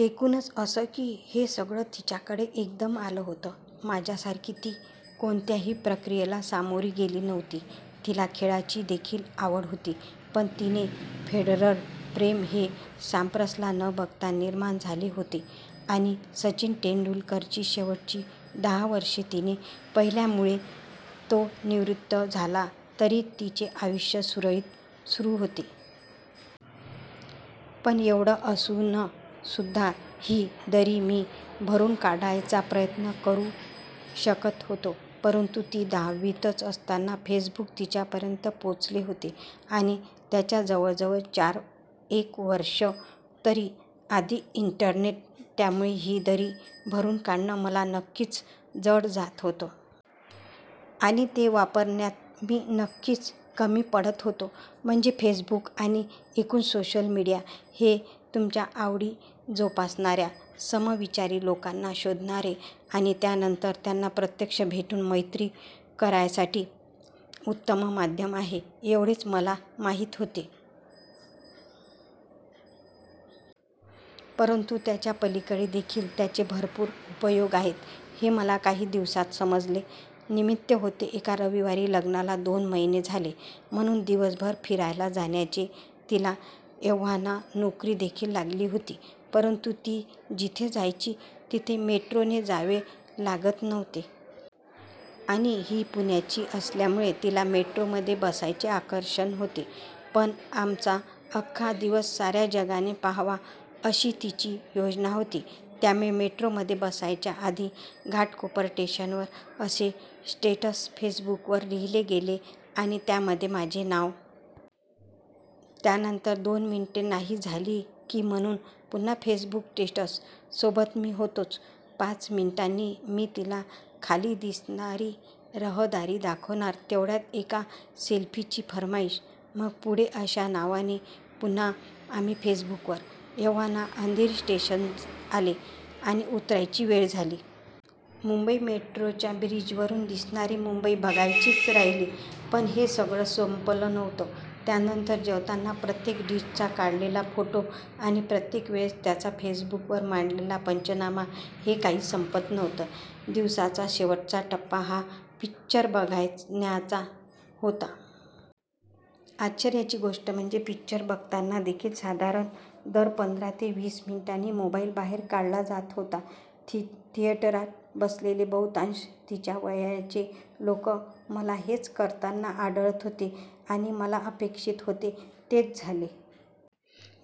एकूणच असं की हे सगळं तिच्याकडे एकदम आलं होतं. माझ्यासारखी ती कोणत्याही प्रक्रियेला सामोरी गेली नव्हती. तिला खेळाची देखील आवड होती. पण तिचे फेडरर-प्रेम हे साम्प्रासला न बघता निर्माण झाले होते आणि सचिन तेंडुलकरची शेवटची दहा वर्षं तिने पाहिल्यामुळे तो निवृत्त झाला तरी तिचे आयुष्य सुरळीत सुरू होती. पण एवढं असून सुद्धा ही दरी मी भरून काढायचा प्रयत्न करू शकत होतो. परंतु ती दहावीतच असताना फेसबुक तिच्यापर्यंत पोहोचले होते आणि त्याच्या जवळ जवळ चार एक वर्ष तरी आधी इंटरनेट. त्यामुळे ही दरी भरून काढणं मला नक्कीच जड जात होतं. आणि ते वापरण्यात मी नक्कीच कमी पडत होतो. म्हणजे फेसबुक आणि एकूण सोशल मीडिया हे तुमच्या आवडी जोपासणाऱ्या, समविचारी लोकांना शोधणारे आणि त्यानंतर त्यांना प्रत्यक्ष भेटून मैत्री करायसाठी उत्तम माध्यम आहे एवढेच मला माहित होते. परंतु त्याच्या पलीकडे देखील त्याचे भरपूर उपयोग आहेत हे मला काही दिवसांत समजले. निमित्त होते एका रविवारी लग्नाला दोन महिने झाले म्हणून दिवसभर फिरायला जाण्याचे. तिला एव्हाना नोकरी देखील लागली होती. परंतु ती जिथे जायची तिथे मेट्रोने जावे लागत नव्हते. आणि ही पुण्याची असल्यामुळे तिला मेट्रोमध्ये बसायचे आकर्षण होते. पण आमचा अख्खा दिवस साऱ्या जगाने पाहावा अशी तिची योजना होती. त्यामुळे मेट्रोमध्ये बसायच्या आधी घाटकोपर स्टेशनवर असे स्टेटस फेसबुकवर लिहिले गेले आणि त्यामध्ये माझे नाव. त्यानंतर दोन मिनिटे नाही झाली की म्हणून पुन्हा फेसबुक स्टेटस. सोबत मी होतोच. पाच मिनिटांनी मी तिला खाली दिसणारी रहदारी दाखवणार तेवढ्यात एका सेल्फीची फर्माईश. मग पुढे अशा नावाने पुन्हा आम्ही फेसबुकवर. एव्हाना अंधेरी स्टेशन आले आणि उतरायची वेळ झाली. मुंबई मेट्रोच्या ब्रिजवरून दिसणारी मुंबई बघायचीच राहिली. पण हे सगळं संपलं नव्हतं. त्यानंतर जेवताना प्रत्येक डिशचा काढलेला फोटो आणि प्रत्येक वेळेस त्याचा फेसबुकवर मांडलेला पंचनामा हे काही संपत नव्हतं. दिवसाचा शेवटचा टप्पा हा पिक्चर बघण्याचा होता. आश्चर्याची गोष्ट म्हणजे पिक्चर बघताना देखील साधारण दर पंधरा ते वीस मिनिटांनी मोबाईल बाहेर काढला जात होता. थिएटरात बसलेले बहुतांश तिच्या वयाचे लोक मला हेच करताना आढळत होते. आणि मला अपेक्षित होते तेच झाले.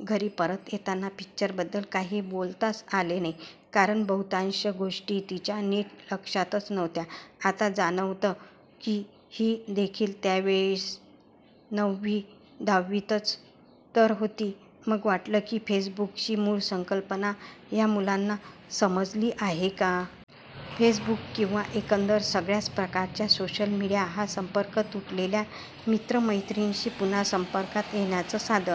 घरी परत येताना पिक्चरबद्दल काही बोलताच आले नाही. कारण बहुतांश गोष्टी तिच्या नीट लक्षातच नव्हत्या. आता जाणवतं की ही देखील त्या वेळेस नववी-दहावीतच तर होती. मग वाटलं की फेसबुकची मूळ संकल्पना ह्या मुलांना समजली आहे का? फेसबुक किंवा एकंदर सगळ्याच प्रकारचा सोशल मीडिया हा संपर्क तुटलेल्या मित्र-मैत्रिणींशी पुन्हा संपर्कात येण्याचं साधन.